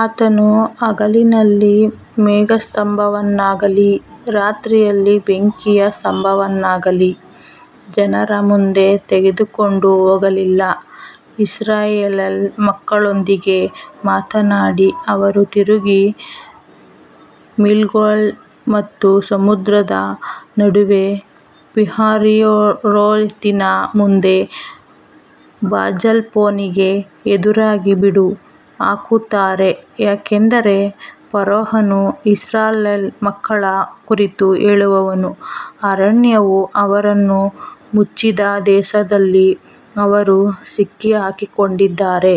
ಆತನು ಹಗಲಿನಲ್ಲಿ ಮೇಘಸ್ತಂಭವನ್ನಾಗಲಿ ರಾತ್ರಿಯಲ್ಲಿ ಬೆಂಕಿಯ ಸ್ತಂಭವನ್ನಾಗಲಿ ಜನರ ಮುಂದೆ ತೆಗೆದುಕೊಂಡು ಹೋಗಲಿಲ್ಲ. ಇಸ್ರಾಯೇಲ್ ಮಕ್ಕಳೊಂದಿಗೆ ಮಾತನಾಡಿ ಅವರು ತಿರುಗಿ ಮಿಗ್ದೋಲ್ ಮತ್ತು ಸಮುದ್ರದ ನಡುವೆ ಪಿಹಹೀರೋತಿನ ಮುಂದೆ ಬಾಲ್ಜೆಫೋನಿಗೆ ಎದುರಾಗಿ ಬೀಡು ಹಾಕುತ್ತಾರೆ. ಯಾಕಂದರೆ ಫರೋಹನು ಇಸ್ರಾಯೇಲ್ ಮಕ್ಕಳ ಕುರಿತು ಹೇಳುವನು ಅರಣ್ಯವು ಅವರನ್ನು ಮುಚ್ಚಿದ ದೇಶದಲ್ಲಿ ಅವರು ಸಿಕ್ಕಿಹಾಕಿಕೊಂಡಿದ್ದಾರೆ.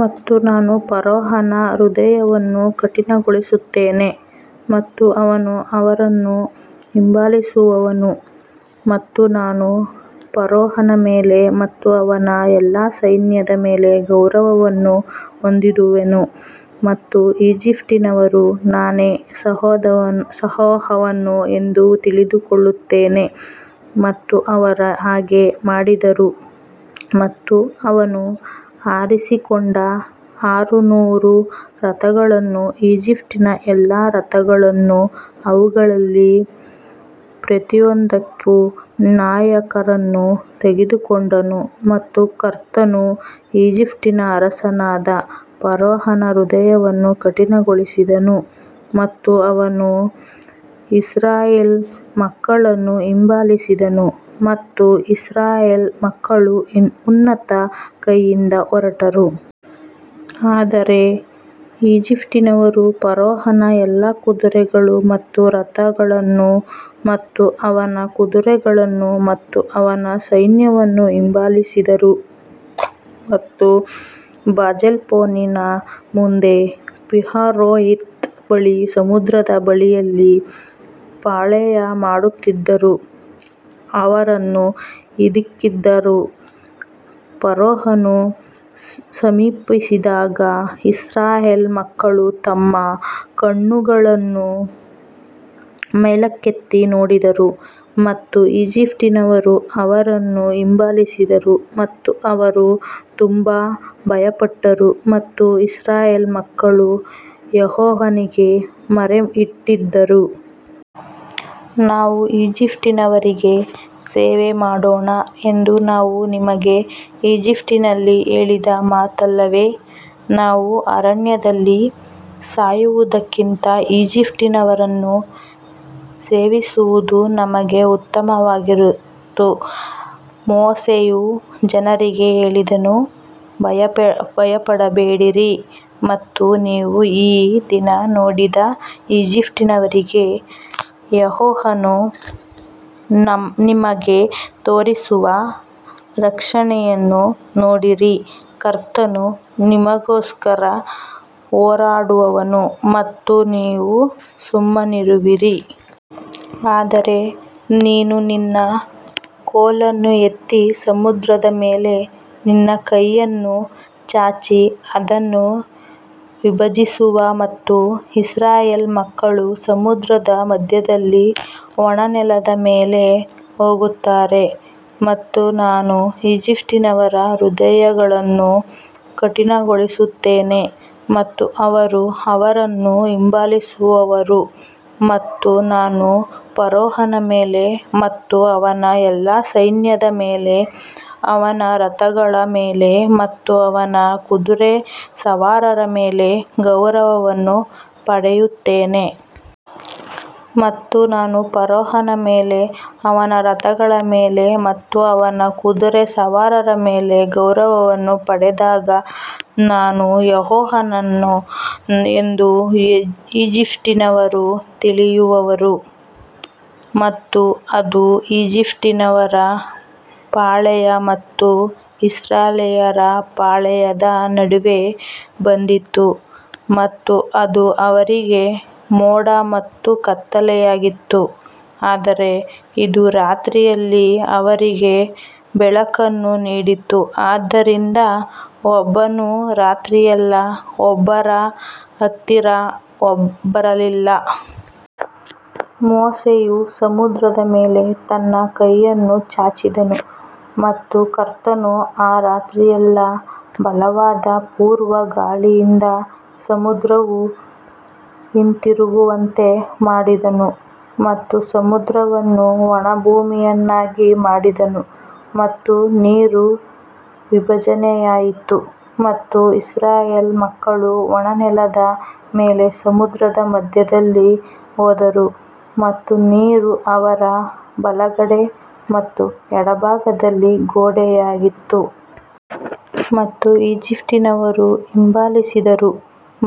ಮತ್ತು ನಾನು ಫರೋಹನ ಹೃದಯವನ್ನು ಕಠಿಣಗೊಳಿಸುತ್ತೇನೆ ಮತ್ತು ಅವನು ಅವರನ್ನು ಹಿಂಬಾಲಿಸುವನು ಮತ್ತು ನಾನು ಫರೋಹನ ಮೇಲೆ ಮತ್ತು ಅವನ ಎಲ್ಲಾ ಸೈನ್ಯದ ಮೇಲೆ ಗೌರವವನ್ನು ಹೊಂದುವೆನು ಮತ್ತು ಈಜಿಪ್ಟಿನವರು ನಾನೇ ಯೆಹೋವನು ಎಂದು ತಿಳಿದುಕೊಳ್ಳುತ್ತಾರೆ ಮತ್ತು ಅವರು ಹಾಗೆ ಮಾಡಿದರು. ಮತ್ತು ಅವನು ಆರಿಸಿಕೊಂಡ ಆರುನೂರು ರಥಗಳನ್ನೂ ಈಜಿಪ್ಟಿನ ಎಲ್ಲಾ ರಥಗಳನ್ನೂ ಅವುಗಳಲ್ಲಿ ಪ್ರತಿಯೊಂದಕ್ಕೂ ನಾಯಕರನ್ನು ತೆಗೆದುಕೊಂಡನು ಮತ್ತು ಕರ್ತನು ಈಜಿಪ್ಟಿನ ಅರಸನಾದ ಫರೋಹನ ಹೃದಯವನ್ನು ಕಠಿಣಗೊಳಿಸಿದನು ಮತ್ತು ಅವನು ಇಸ್ರಾಯೇಲ್ ಮಕ್ಕಳನ್ನು ಹಿಂಬಾಲಿಸಿದನು ಮತ್ತು ಇಸ್ರಾಯೇಲ್ ಮಕ್ಕಳು ಉನ್ನತ ಕೈಯಿಂದ ಹೊರಟರು. ಆದರೆ ಈಜಿಪ್ಟಿನವರು ಫರೋಹನ ಎಲ್ಲಾ ಕುದುರೆಗಳು ಮತ್ತು ರಥಗಳನ್ನು ಮತ್ತು ಅವನ ಕುದುರೆಗಳನ್ನು ಮತ್ತು ಅವನ ಸೈನ್ಯವನ್ನು ಹಿಂಬಾಲಿಸಿದರು ಮತ್ತು ಬಾಲ್ಜೆಫೋನನ ಮುಂದೆ ಪೀಹಹೀರೋತ್ ಬಳಿ ಸಮುದ್ರದ ಬಳಿಯಲ್ಲಿ ಪಾಳೆಯಮಾಡುತ್ತಿದ್ದ ಅವರನ್ನು ಹಿಂದಿಕ್ಕಿದರು. ಫರೋಹನು ಸಮೀಪಿಸಿದಾಗ ಇಸ್ರಾಯೇಲ್ ಮಕ್ಕಳು ತಮ್ಮ ಕಣ್ಣುಗಳನ್ನು ಮೇಲಕ್ಕೆತ್ತಿ ನೋಡಿದರು ಮತ್ತು ಈಜಿಪ್ಟಿನವರು ಅವರನ್ನು ಹಿಂಬಾಲಿಸಿದರು ಮತ್ತು ಅವರು ತುಂಬಾ ಭಯಪಟ್ಟರು ಮತ್ತು ಇಸ್ರಾಯೇಲ್ ಮಕ್ಕಳು ಯೆಹೋವನಿಗೆ ಮೊರೆಯಿಟ್ಟರು. ನಾವು ಈಜಿಪ್ಟಿನವರಿಗೆ ಸೇವೆ ಮಾಡೋಣ ಎಂದು ನಾವು ನಿಮಗೆ ಈಜಿಪ್ಟಿನಲ್ಲಿ ಹೇಳಿದ ಮಾತಲ್ಲವೇ. ನಾವು ಅರಣ್ಯದಲ್ಲಿ ಸಾಯುವುದಕ್ಕಿಂತ ಈಜಿಪ್ಟಿನವರನ್ನು ಸೇವಿಸುವುದು ನಮಗೆ ಉತ್ತಮವಾಗಿತ್ತು. ಮೋಶೆಯು ಜನರಿಗೆ ಹೇಳಿದನು ಭಯಪಡಬೇಡಿರಿ ಮತ್ತು ನೀವು ಈ ದಿನ ನೋಡಿದ ಈಜಿಪ್ಟಿನವರಿಗೆ ಯೆಹೋವನು ನಿಮಗೆ ತೋರಿಸುವ ರಕ್ಷಣೆಯನ್ನು ನೋಡಿರಿ. ಕರ್ತನು ನಿನಗೋಸ್ಕರ ಹೋರಾಡುವನು ಮತ್ತು ನೀವು ಸುಮ್ಮನಿರುವಿರಿ. ಆದರೆ ನೀನು ನಿನ್ನ ಕೋಲನ್ನು ಎತ್ತಿ ಸಮುದ್ರದ ಮೇಲೆ ನಿನ್ನ ಕೈಯನ್ನು ಚಾಚಿ ಅದನ್ನು ವಿಭಜಿಸು ಮತ್ತು ಇಸ್ರಾಯೇಲ್ ಮಕ್ಕಳು ಸಮುದ್ರದ ಮಧ್ಯದಲ್ಲಿ ಒಣ ನೆಲದ ಮೇಲೆ ಹೋಗುತ್ತಾರೆ. ಮತ್ತು ನಾನು ಈಜಿಪ್ಟಿನವರ ಹೃದಯಗಳನ್ನು ಕಠಿಣಗೊಳಿಸುತ್ತೇನೆ ಮತ್ತು ಅವರು ಅವರನ್ನು ಹಿಂಬಾಲಿಸುವರು ಮತ್ತು ನಾನು ಫರೋಹನ ಮೇಲೆ ಮತ್ತು ಅವನ ಎಲ್ಲಾ ಸೈನ್ಯದ ಮೇಲೆ ಅವನ ರಥಗಳ ಮೇಲೆ ಮತ್ತು ಅವನ ಕುದುರೆ ಸವಾರರ ಮೇಲೆ ಗೌರವವನ್ನು ಪಡೆಯುತ್ತೇನೆ. ಮತ್ತು ನಾನು ಫರೋಹನ ಮೇಲೆ ಅವನ ರಥಗಳ ಮೇಲೆ ಮತ್ತು ಅವನ ಕುದುರೆ ಸವಾರರ ಮೇಲೆ ಗೌರವವನ್ನು ಪಡೆದಾಗ ನಾನು ಯೆಹೋವನು ಎಂದು ಈಜಿಪ್ಟಿನವರು ತಿಳಿಯುವರು. ಮತ್ತು ಅದು ಈಜಿಪ್ಟಿನವರ ಪಾಳೆಯ ಮತ್ತು ಇಸ್ರಾಯೇಲ್ಯರ ಪಾಳೆಯದ ನಡುವೆ ಬಂದಿತು ಮತ್ತು ಅದು ಅವರಿಗೆ ಮೋಡ ಮತ್ತು ಕತ್ತಲೆಯಾಗಿತ್ತು ಆದರೆ ಇದು ರಾತ್ರಿಯಲ್ಲಿ ಅವರಿಗೆ ಬೆಳಕನ್ನು ನೀಡಿತು ಆದ್ದರಿಂದ ಒಬ್ಬನು ರಾತ್ರಿಯೆಲ್ಲಾ ಒಬ್ಬರ ಹತ್ತಿರ ಬರಲಿಲ್ಲ. ಮೋಶೆಯು ಸಮುದ್ರದ ಮೇಲೆ ತನ್ನ ಕೈಯನ್ನು ಚಾಚಿದನು ಮತ್ತು ಕರ್ತನು ಆ ರಾತ್ರಿಯೆಲ್ಲಾ ಬಲವಾದ ಪೂರ್ವ ಗಾಳಿಯಿಂದ ಸಮುದ್ರವು ಹಿಂತಿರುಗುವಂತೆ ಮಾಡಿದನು ಮತ್ತು ಸಮುದ್ರವನ್ನು ಒಣ ಭೂಮಿಯನ್ನಾಗಿ ಮಾಡಿದನು ಮತ್ತು ನೀರು ವಿಭಜನೆಯಾಯಿತು. ಮತ್ತು ಇಸ್ರಾಯೇಲ್ ಮಕ್ಕಳು ಒಣ ನೆಲದ ಮೇಲೆ ಸಮುದ್ರದ ಮಧ್ಯದಲ್ಲಿ ಹೋದರು ಮತ್ತು ನೀರು ಅವರ ಬಲಗಡೆ ಮತ್ತು ಎಡಭಾಗದಲ್ಲಿ ಗೋಡೆಯಾಗಿತ್ತು. ಮತ್ತು ಈಜಿಪ್ಟಿನವರು ಹಿಂಬಾಲಿಸಿದರು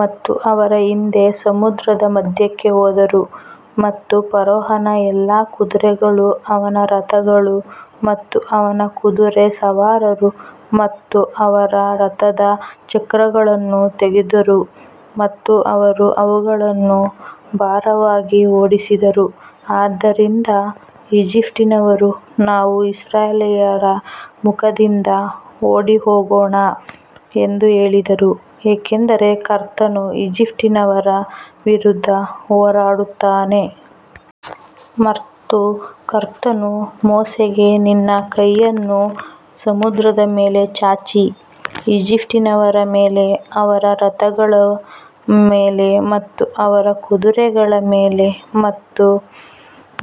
ಮತ್ತು ಅವರ ಹಿಂದೆ ಸಮುದ್ರದ ಮಧ್ಯಕ್ಕೆ ಹೋದರು ಮತ್ತು ಫರೋಹನ ಎಲ್ಲಾ ಕುದುರೆಗಳು ಅವನ ರಥಗಳು ಮತ್ತು ಅವನ ಕುದುರೆ ಸವಾರರು ಮತ್ತು ಅವರ ರಥದ ಚಕ್ರಗಳನ್ನು ತೆಗೆದರು ಮತ್ತು ಅವರು ಅವುಗಳನ್ನು ಭಾರವಾಗಿ ಓಡಿಸಿದರು. ಆದ್ದರಿಂದ ಈಜಿಪ್ಟಿನವರು ನಾವು ಇಸ್ರಾಯೇಲ್ಯರ ಮುಖದಿಂದ ಓಡಿಹೋಗೋಣ ಎಂದು ಹೇಳಿದರು ಏಕೆಂದರೆ ಕರ್ತನು ಈಜಿಪ್ಟಿನವರ ವಿರುದ್ಧ ಹೋರಾಡುತ್ತಾನೆ. ಮತ್ತು ಕರ್ತನು ಮೋಶೆಗೆ ನಿನ್ನ ಕೈಯನ್ನು ಸಮುದ್ರದ ಮೇಲೆ ಚಾಚಿ ಈಜಿಪ್ಟಿನವರ ಮೇಲೆ ಅವರ ರಥಗಳ ಮೇಲೆ ಮತ್ತು ಅವರ ಕುದುರೆಗಳ ಮೇಲೆ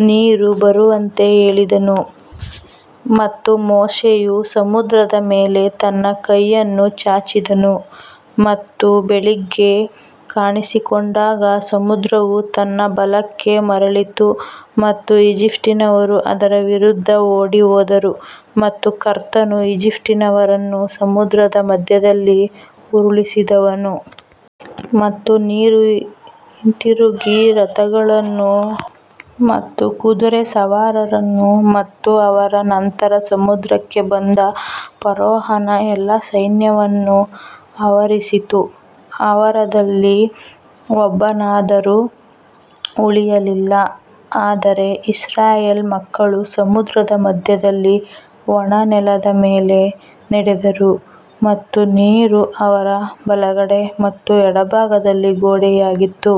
ನೀರು ಬರುವಂತೆ ಹೇಳಿದನು. ಮತ್ತು ಮೋಶೆಯು ಸಮುದ್ರದ ಮೇಲೆ ತನ್ನ ಕೈಯನ್ನು ಚಾಚಿದನು ಮತ್ತು ಬೆಳಿಗ್ಗೆ ಕಾಣಿಸಿಕೊಂಡಾಗ ಸಮುದ್ರವು ತನ್ನ ಬಲಕ್ಕೆ ಮರಳಿತು ಮತ್ತು ಈಜಿಪ್ಟಿನವರು ಅದರ ವಿರುದ್ಧ ಓಡಿಹೋದರು ಮತ್ತು ಕರ್ತನು ಈಜಿಪ್ಟಿನವರನ್ನು ಸಮುದ್ರದ ಮಧ್ಯದಲ್ಲಿ ಉರುಳಿಸಿದನು. ಮತ್ತು ನೀರು ಹಿಂತಿರುಗಿ ರಥಗಳನ್ನು ಮತ್ತು ಕುದುರೆ ಸವಾರರನ್ನು ಮತ್ತು ಅವರ ನಂತರ ಸಮುದ್ರಕ್ಕೆ ಬಂದ ಫರೋಹನ ಎಲ್ಲಾ ಸೈನ್ಯವನ್ನು ಆವರಿಸಿತು ಅವರಲ್ಲಿ ಒಬ್ಬನಾದರೂ ಉಳಿಯಲಿಲ್ಲ. ಆದರೆ ಇಸ್ರಾಯೇಲ್ ಮಕ್ಕಳು ಸಮುದ್ರದ ಮಧ್ಯದಲ್ಲಿ ಒಣ ನೆಲದ ಮೇಲೆ ನಡೆದರು ಮತ್ತು ನೀರು ಅವರ ಬಲಗಡೆ ಮತ್ತು ಎಡಭಾಗದಲ್ಲಿ ಗೋಡೆಯಾಗಿತ್ತು.